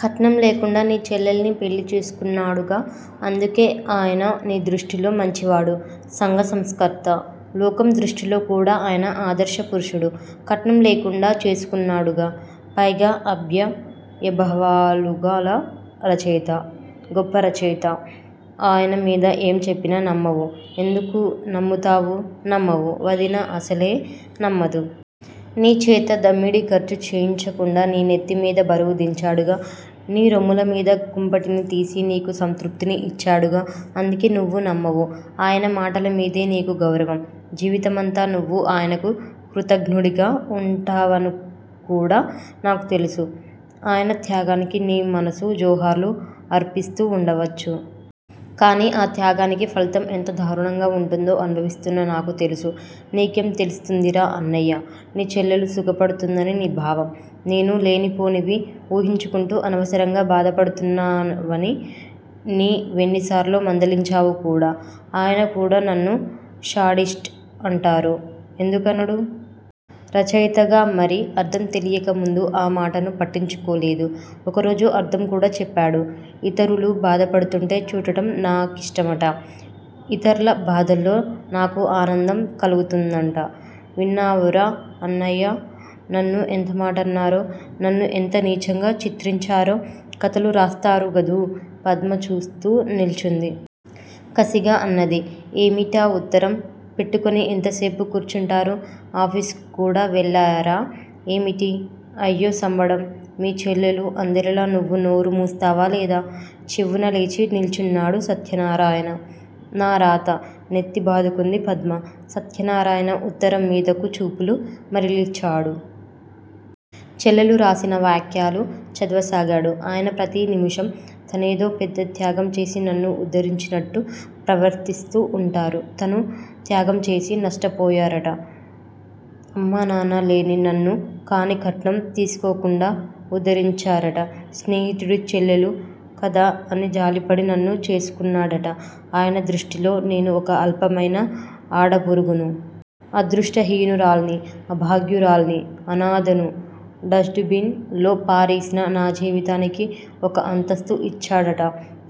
'కట్నం లేకుండా నీ చెల్లెల్నిపెళ్ళిచేసుకున్నాడుగా! అందుకే ఆయన నీ దృష్టిలో మంచివాడు. సంఘ సంస్కర్త. లోకం దృష్టిలో కూడా ఆయన ఆదర్శపురుషుడు. కట్నం లేకుండా చేసుకున్నాడుగా? పైగా అభ్య్దయభావాలుగల రచయిత! గొప్ప రచయిత. ఆయన మీద ఏం చెప్పినా నమ్మవు. ఎందుకు నమ్ముతావు? నమ్మవు. వదిన అసలే నమ్మదు. నీచేత దమ్మిడీ ఖర్చు చేయించకుండా నీ నెత్తిమీద బరువు దించాడుగా? నీ రొమ్ములమీద కుంపటిని తీసి నీకు సంతృప్తిని ఇచ్చాడుగా? అందుకే నువ్వు నమ్మవు. ఆయన మాటలమీదే నీకు గౌరవం! జీవితమంతా నువ్వు ఆయనకు కృతజ్ఞుడిగా వుంటావనికూడా నాకు తెలుసు. ఆయన త్యాగానికి నీ మనసు జోహార్లు అర్పిస్తూ వుండవచ్చు! కాని ఆ త్యాగానికి ఫలితం ఎంత దారుణంగా వుంటుందో అనుభవిస్తున్న నాకు తెలుసు. నీకేం తెలుస్తుందిరా అన్నయ్యా? నీ చెల్లెలు సుఖపడుతుందని నీ భావం. నేను లేనిపోనివి ఊహించుకుంటూ అనవసరంగా బాధపడుతున్నావని నీ వేన్నిసార్లో మందలించావు కూడా. ఆయన కూడా నన్ను 'శాడిస్టు' అంటారు! ఎందుకనడూ? రచయితగా మరి? అర్థం తెలియక ముందు ఆ మాటను పట్టించుకోలేదు. ఒకరోజు అర్థం కూడా చెప్పాడు. ఇతరులు బాధపడుతుంటే చూడటం నా కిష్టమట. ఇతర్ల బాధల్లో నాకు ఆనందం కలుగుతుందట! విన్నావురా అన్నయ్య? నన్ను ఎంతమాటన్నారో? నన్ను ఎంత నీచంగా చిత్రించారో! కథలు రాస్తారుగదూ! పద్మ చూస్తూ నిల్చుంది. కసిగా అన్నది- ఏమిటా ఉత్తరం పెట్టుకొని ఎంతసేపు కూర్చుంటారు? ఆఫీసుక్కూడా వెళ్ళారా ఏమిటి? అయ్యో సంబడం! మీ చెల్లెలు అందరిలా నువ్వు నోరు మూస్తావా లేదా? చివ్వున లేచి నిల్చున్నాడు సత్యనారాయణ. నా రాత! నెత్తి బాదుకుంది పద్మ. సత్యనారాయణ ఉత్తరం మీదకు చూపులు మరలిచాడు. చెల్లెలు రాసిన వాక్యాలు చదవసాగాడు. ఆయన ప్రతి నిముషం తనేదో పెద్ద త్యాగంచేసి నన్ను ఉద్ధరించినట్టు ప్రవర్తిస్తూ వుంటారు! తను త్యాగంచేసి నష్టపోయారట. అమ్మా నాన్నా లేని నన్ను కానీ కట్నం తీసుకోకుండా ఉద్దరించారట. స్నేహితుడి చెల్లెలు కదా అని జాలిపడి నన్ను చేసుకున్నాడట! ఆయన దృష్టిలో నేను ఒక అల్పమైన ఆడగురుగును! అదృష్టహీనురాల్ని! అభాగ్యురాల్ని! అనాథను! డస్టుబిన్ లో పారేసిన నా జీవితానికి ఒక అంతస్తు ఇచ్చాడట.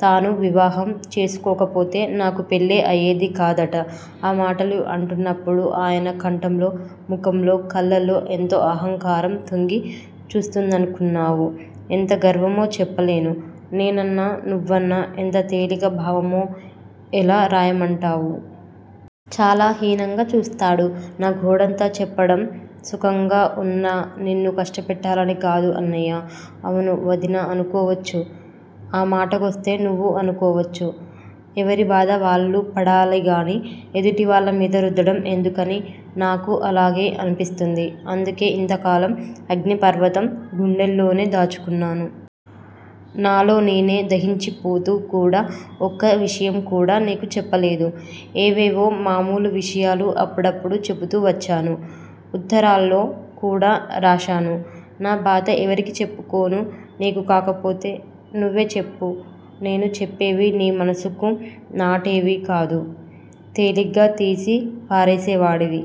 తాను వివాహం చేసుకోకపోతే నాకు పెళ్ళే అయేది కాదట! ఆ మాటలు అంటున్నప్పుడు ఆయన కంఠంలో, ముఖంలో, కళ్ళల్లో ఎంత అహంకారం తొంగి చూస్తుందనుకున్నావు? ఎంత గర్వమో చెప్పలేను. నేనన్నా, నువ్వన్నా ఎంత తేలిక భావమో ఎలా రాయమంటావు? చాలా హీనంగా చూస్తాడు. నా గోడంతా చెప్పడం సుఖంగా వున్న నిన్ను కష్టపెట్టాలని కాదు అన్నయ్యా! అవును! వదిన అనుకోవచ్చు! ఆ మాటకొస్తే నువ్వు అనుకోవచ్చు! ఎవరి బాధ వాళ్ళు పడాలిగాని ఎదుటివాళ్ళ మీద రుద్దడం ఎందుకని? నాకూ అలాగే అనిపిస్తుంది. అందుకే ఇంతకాలం అగ్ని పర్వతం గుండెల్లోనే దాచుకున్నాను. నాలో నేనే దహించిపోతూ కూడా ఒక్క విషయం కూడా నీకు చెప్పలేదు. ఏవేవో మామూలు విషయాలు అప్పుడప్పుడూ చెబుతూ వచ్చాను. ఉత్తరాల్లో కూడా రాశాను. నా బాధ ఎవరికి చెప్పుకోను నీకు కాకపోతే? నువ్వే చెప్పు! నేను చెప్పేవి నీ మనసుకు నాటేవి కాదు. తేలిగ్గా తీసి పారేసేవాడివి!